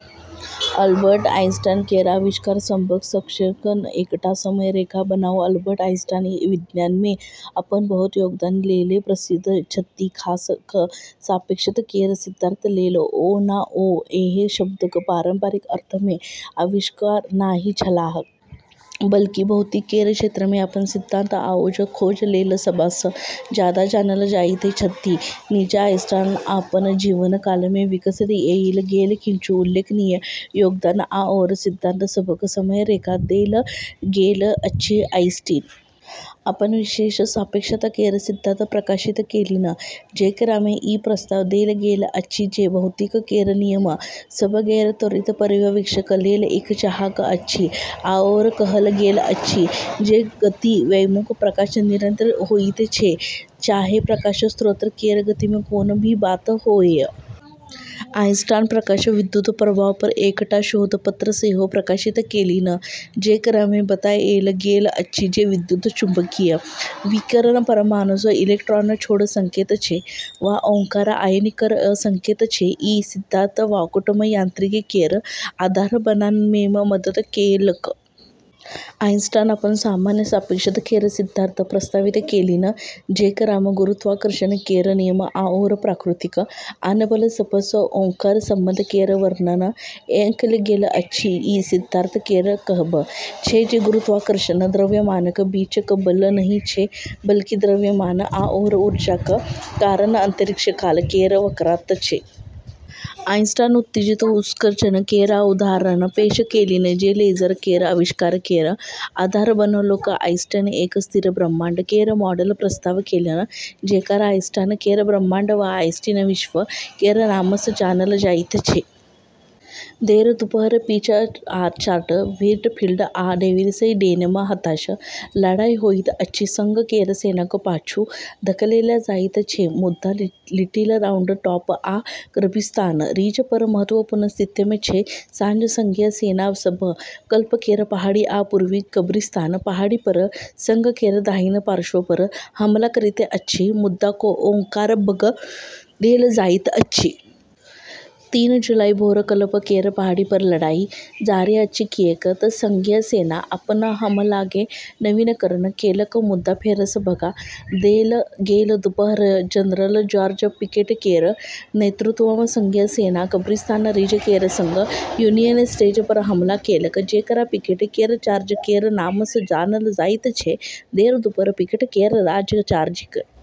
Albert Einstein केर आविष्कार सभक संक्षेपमे एकटा समय रेखा बनाउ। अल्बर्ट आइंस्टीन विज्ञानमे अपन बहुत योगदान लेल प्रसिद्ध छथि, खास कऽ कऽ सापेक्षता केर सिद्धांत लेल। ओना ओ एहि शब्दक पारम्परिक अर्थमे आविष्कारक नहि छलाह। बल्कि भौतिकी केर क्षेत्रमे अपन सिद्धांत आओर खोज लेल सबसँ जादा जानल जाइत छथि। नीचाँ आइंस्टीन अपन जीवनकालमे विकसित कएल गेल किछु उल्लेखनीय योगदान आओर सिद्धांत सभक समय रेखा देल गेल अछि: आइंस्टीन अपन विशेष सापेक्षता केर सिद्धांत प्रकाशित केलनि, जेकरामे ई प्रस्ताव देल गेल अछि जे भौतिकी केर नियम सब गैर-त्वरक पर्यवेक्षक लेल एक जकाँ अछि आओर कहल गेल अछि जे गति वैक्यूममे प्रकाश निरंतर होइत छै, चाहे प्रकाश स्रोत केर गतिक कोनो भी बात होअए। आइंस्टीन प्रकाश विद्युत प्रभावपर एकटा शोध पत्र सेहो प्रकाशित केलनि, जेकरामे बताएल गेल अछि जे विद्युत चुम्बकीय विकिरण परमाणुसँ इलेक्ट्रॉन छोड़ा सकैत छै, वा ओकरा "आयनीकरण" कऽ सकैत छै। ई सिद्धांत क्वांटम यांत्रिकी केर आधार बनाबैमे मदद केलक। आइंस्टीन अपन सामान्य सापेक्षता केर सिद्धांत प्रस्तावित केलनि, जेकरामे गुरुत्वाकर्षण केर नियम आओर प्रकृतिक आन बल सभसँ ओकर संबंध केर वर्णन कएल गेल अछि। ई सिद्धांत केर कहब छै जे गुरुत्वाकर्षण द्रव्यमानक बीचक बल नहि छै, बल्कि द्रव्यमान आओर ऊर्जाक कारण अंतरिक्षकाल केर वक्रता छै। आइंस्टीन उत्तेजित उत्सर्जन केर अवधारणा पेश केलनि, जे लेजर केर आविष्कार केर आधार बनौलक। आइंस्टीन एक स्थिर ब्रह्मांड केर मॉडल प्रस्तावित केलनि, जेकरा आइंस्टीन केर ब्रह्मांड वा आइंस्टीन विश्व केर नामसँ जानल जाइत छै। - देर दुपहर: पीच ऑर्चार्ड, व्हीटफील्ड, आ डेविल्स डेनमे हताश लड़ाई होइत अछि। संघ केर सेनाकेँ पाछू धकेलल जाइत छै मुदा लिटिल राउंड टॉप आ कब्रिस्तान रिजपर महत्वपूर्ण स्थितिमे छै। साँझ: संघीय सेना सब कल्प केर पहाड़ी आ पूर्वी कब्रिस्तान पहाड़ीपर संघ केर दाहिना पार्श्वपर हमला करैत अछि, मुदा ओकरा भगा देल जाइत अछि। तीन जुलाई, भोर: कलप केर पहाड़ीपर लड़ाई जारी अछि किऐक तऽ संघीय सेना अपन हमलाकेँ नवीनीकरण केलक, मुदा फेरसँ भगा देल गेल। दुपहर: जनरल जॉर्ज पिकेट केर नेतृत्वमे संघीय सेना कब्रिस्तान रिज केर संग यूनियन सेंटरपर हमला केलक, जेकरा पिकेट केर चार्ज केर नामसँ जानल जाइत छै। देर दुपहर: पिकेट केर चार्जकेँ।